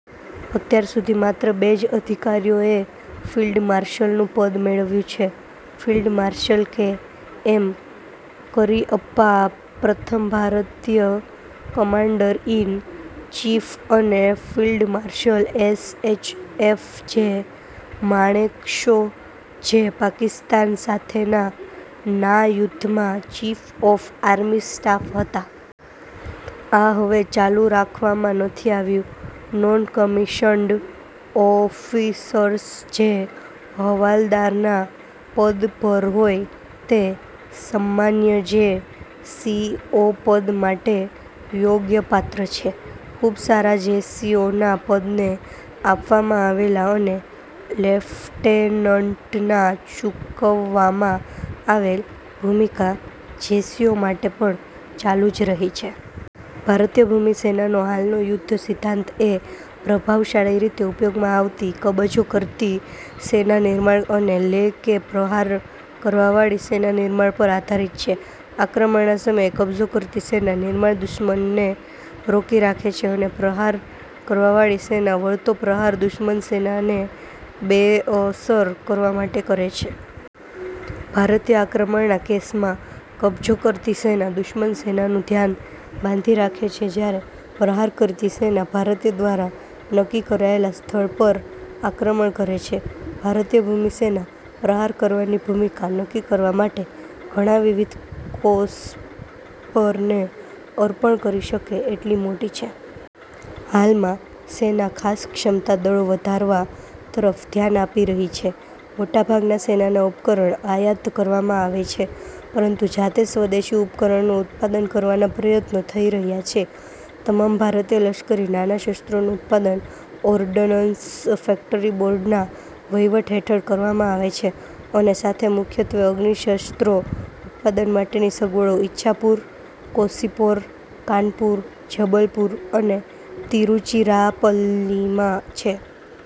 અત્યાર સુધી માત્ર બે જ અધિકારીઓ એ ફિલ્ડ માર્શલનું પદ મેળવ્યું છે: field marshal K M Cariappa પ્રથમ ભારતીય કમાન્ડર ઈન ચીફ અને field marshal S H F J Manekshaw, જે પાકિસ્તાન સાથેના ના યુદ્ધમાં ચીફ ઓફ આર્મી સ્ટાફ હતા. આ હવે ચાલુ રાખવામાં નથી આવ્યું. નોન કમિશન્ડ ઓફિસર્સ જે હવાલદારના પદ પર હોય તે સમ્માનીય જે. સી. ઓ પદ માટે યોગ્યપાત્ર છે. ખૂબ સારા જેસીઓના પદને આપવામાં આવેલા અને લેફટેનન્ટના ચૂકવવામાં આવેલ, ભૂમિકા જેસીઓ માટે પણ ચાલુ જ રહી છે. ભારતીય ભૂમિ સેનાનો હાલનો યુદ્ધ સિદ્ધાંત એ પ્રભાવશાળી રીતે ઉપયોગમાં આવતી કબજો કરતી સેના નિર્માણ અને લે કે પ્રહાર કરવાવાળી સેના નિર્માણ પર આધારિત છે. આક્રમણના સમયે, કબજો કરતી સેના નિર્માણ દુશ્મનને રોકી રાખે છે અને પ્રહાર કરવાવાળી સેના વળતો પ્રહાર દુશ્મન સેનાને બેઅસર કરવા માટે કરે છે. ભારતીય આક્રમણના કેસમાં, કબજો કરતી સેના દુશ્મન સેનાનું ધ્યાન બાંધી રાખે છે જ્યારે પ્રહાર કરતી સેના ભારતીય દ્વારા નક્કી કરાયેલા સ્થળ પર આક્રમણ કરે છે. ભારતીય ભૂમિ સેના પ્રહાર કરવાની ભૂમિકા નક્કી કરવા માટે ઘણા વિવિધ કોર્સ્પને અપર્ણ કરી શકે એટલી મોટી છે. હાલમાં, સેના ખાસ ક્ષમતા દળો વધારવા તરફ ધ્યાન આપી રહી છે. મોટાભાગના સેનાના ઉપકરણ આયાત કરવામાં આવે છે, પરંતુ જાતે સ્વદેશી ઉપકરણનું ઉત્પાદન કરવાના પ્રયત્નો થઈ રહ્યા છે. તમામ ભારતીય લશ્કરી નાના શસ્ત્રોનું ઉત્પાદન ઓર્ડનન્સ ફેકટરી બોર્ડના વહીવટ હેઠળ કરવામાં આવે છે, અને સાથે મુખ્યત્વે અગ્નિશસ્ત્રો ઉત્પાદન માટેની સગવડો ઈચ્છાપુર, કોસીપોર, કાનપુર, જબલપુર અને તિરુચીરાપલ્લીમાં છે.